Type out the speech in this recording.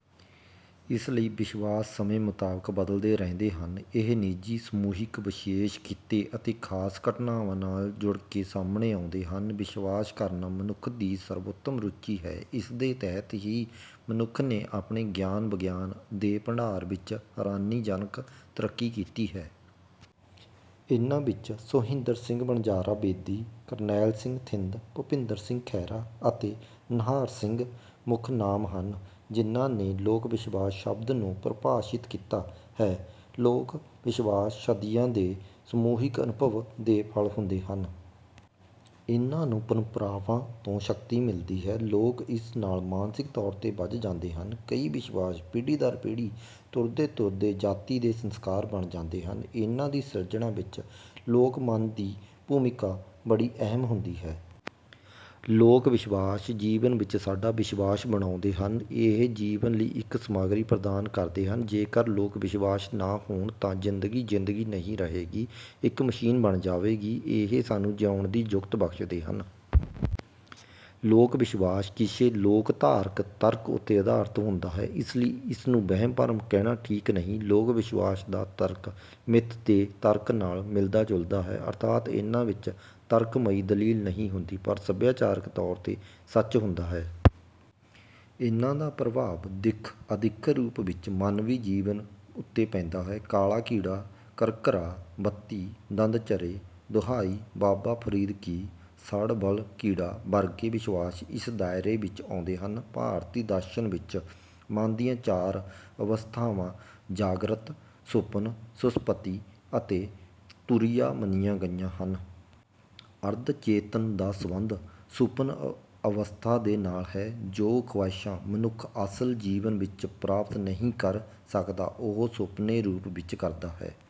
ਇਸ ਲਈ ਵਿਸ਼ਵਾਸ ਸਮੇਂ ਮੁਤਾਬਿਕ ਬਦਲਦੇ ਰਹਿੰਦੇ ਹਨ। ਇਹ ਨਿੱਜੀ, ਸਮੂਹਿਕ, ਵਿਸ਼ੇਸ਼ ਖਿੱਤੇ ਅਤੇ ਖਾਸ ਘਟਨਾਵਾਂ ਨਾਲ ਜੁੜ ਕੇ ਸਾਹਮਣੇ ਆਉਂਦੇ ਹਨ। ਵਿਸ਼ਵਾਸ ਕਰਨਾ ਮਨੁੱਖ ਦੀ ਸਰਵੋਤਮ ਰੁਚੀ ਹੈ। ਇਸਦੇ ਤਹਿਤ ਹੀ ਮਨੁੱਖ ਨੇ ਆਪਣੇ ਗਿਆਨ-ਵਿਗਿਆਨ ਦੇ ਭੰਡਾਰ ਵਿੱਚ ਹੈਰਾਨੀਜਨਕ ਤਰੱਕੀ ਕੀਤੀ ਹੈ। ਇਨ੍ਹਾਂ ਵਿੱਚ ਸੋਹਿੰਦਰ ਸਿੰਘ ਵਣਜਾਰਾ ਬੇਦੀ, ਕਰਨੈਲ ਸਿੰਘ ਥਿੰਦ, ਭੁਪਿੰਦਰ ਸਿੰਘ ਖਹਿਰਾ ਅਤੇ ਨਾਹਰ ਸਿੰਘ ਮੁੱਖ ਨਾਂਮ ਹਨ ਜਿਨ੍ਹਾਂ ਨੇ ਲੋਕ ਵਿਸ਼ਵਾਸ ਸ਼ਬਦ ਨੂੰ ਪਰਿਭਾਸ਼ਿਤ ਕੀਤਾ ਹੈ। ਲੋਕ ਵਿਸ਼ਵਾਸ ਸਦੀਆਂ ਦੇ ਸਮੂਹਿਕ ਅਨੁਭਵ ਦੇ ਫ਼ਲ ਹੁੰਦੇ ਹਨ। ਇਨ੍ਹਾਂ ਨੂੰ ਪਰੰਪਰਾਵਾਂ ਤੋਂ ਸ਼ਕਤੀ ਮਿਲਦੀ ਹੈ। ਲੋਕ ਇਸ ਨਾਲ ਮਾਨਸਿਕ ਤੌਰ ਤੇ ਬੱਝ ਜਾਂਦੇ ਹਨ। ਕਈ ਵਿਸ਼ਵਾਸ ਪੀੜ੍ਹੀ ਦਰ ਪੀੜ੍ਹੀ ਤੁਰਦੇ ਤੁਰਦੇ ਜਾਤੀ ਦੇ ਸੰਸਕਾਰ ਬਣ ਜਾਂਦੇ ਹਨ। ਇਨ੍ਹਾਂ ਦੀ ਸਿਰਜਣਾ ਵਿੱਚ ਲੋਕ ਮਨ ਦੀ ਭੂਮਿਕਾ ਬੜੀ ਅਹਿਮ ਹੁੰਦੀ ਹੈ। ਲੋਕ ਵਿਸ਼ਵਾਸ ਜੀਵਨ ਵਿੱਚ ਸਾਡਾ ਵਿਸ਼ਵਾਸ ਬਣਾਉਂਦੇ ਹਨ। ਇਹ ਜੀਵਨ ਲਈ ਇੱਕ ਸਮੱਗਰੀ ਪ੍ਰਦਾਨ ਕਰਦੇ ਹਨ। ਜੇਕਰ ਲੋਕ ਵਿਸ਼ਵਾਸ ਨਾ ਹੋਣ ਤਾਂ ਜ਼ਿੰਦਗੀ ਜ਼ਿੰਦਗੀ ਨਹੀਂ ਰਹੇਗੀ, ਇੱਕ ਮਸ਼ੀਨ ਬਣ ਜਾਵੇਗੀ। ਇਹ ਸਾਨੂੰ ਜਿਉਣ ਦੀ ਯੁਕਤ ਬਖ਼ਸ਼ਦੇ ਹਨ। ਲੋਕ ਵਿਸ਼ਵਾਸ ਕਿਸੇ ਲੋਕਧਾਰਕ ਤਰਕ ਉੱਤੇ ਅਧਾਰਿਤ ਹੁੰਦਾ ਹੈ ਇਸ ਲਈ ਇਸ ਨੂੰ ਵਹਿਮ-ਭਰਮ ਕਹਿਣਾ ਠੀਕ ਨਹੀਂ। ਲੋਕ ਵਿਸ਼ਵਾਸ ਦਾ ਤਰਕ ਮਿੱਥ ਦੇ ਤਰਕ ਨਾਲ ਮਿਲਦਾ ਜੁਲਦਾ ਹੈ। ਅਰਥਾਤ ਇਨ੍ਹਾਂ ਵਿੱਚ ਤਰਕਮਈ ਦਲੀਲ ਨਹੀਂ ਹੁੰਦੀ ਪਰ ਸੱਭਿਆਚਾਰਕ ਤੌਰ ਤੇ ਸੱਚ ਹੁੰਦਾ ਹੈ। ਇਨ੍ਹਾਂ ਦਾ ਪ੍ਰਭਾਵ ਦਿੱਖ-ਅਦਿੱਖ ਰੂਪ ਵਿੱਚ ਮਾਨਵੀ ਜੀਵਨ ਉੱਤੇ ਪੈਂਦਾ ਹੈ। "ਕਾਲਾ ਕੀੜਾ, ਕਰਕਰਾ, ਬੱਤੀ, ਦੰਦ ਚਰੇ, ਦੁਹਾਈ, ਬਾਬਾ ਫਰੀਦ ਕੀ, ਸੜ ਬਲ ਕੀੜਾ" ਵਰਗੇ ਵਿਸ਼ਵਾਸ ਇਸੇ ਦਾਇਰੇ ਵਿੱਚ ਆਉਂਦੇ ਹਨ। ਭਾਰਤੀ ਦਰਸ਼ਨ ਵਿੱਚ ਮਨ ਦੀਆਂ ਚਾਰ ਅਵਸਥਾਵਾਂ ਜਾਗ੍ਰਤ, ਸੁਪਨ, ਸੁਸ਼ੁਪਤੀ ਅਤੇ ਤੁਰੀਆ ਮੰਨੀਆਂ ਗਈਆਂ ਹਨ। ਅਰਧ ਚੇਤਨ ਦਾ ਸਬੰਧ ਸੁਪਨ ਅਵਸਥਾ ਦੇ ਨਾਲ ਹੈ। ਜੋ ਖਵਾਹਿਸ਼ਾਂ ਮਨੁੱਖ ਅਸਲ ਜੀਵਨ ਵਿੱਚ ਪ੍ਰਾਪਤ ਨਹੀਂ ਕਰ ਸਕਦਾ ਉਹ ਸੁਪਨੇ ਰੂਪ ਵਿੱਚ ਕਰਦਾ ਹੈ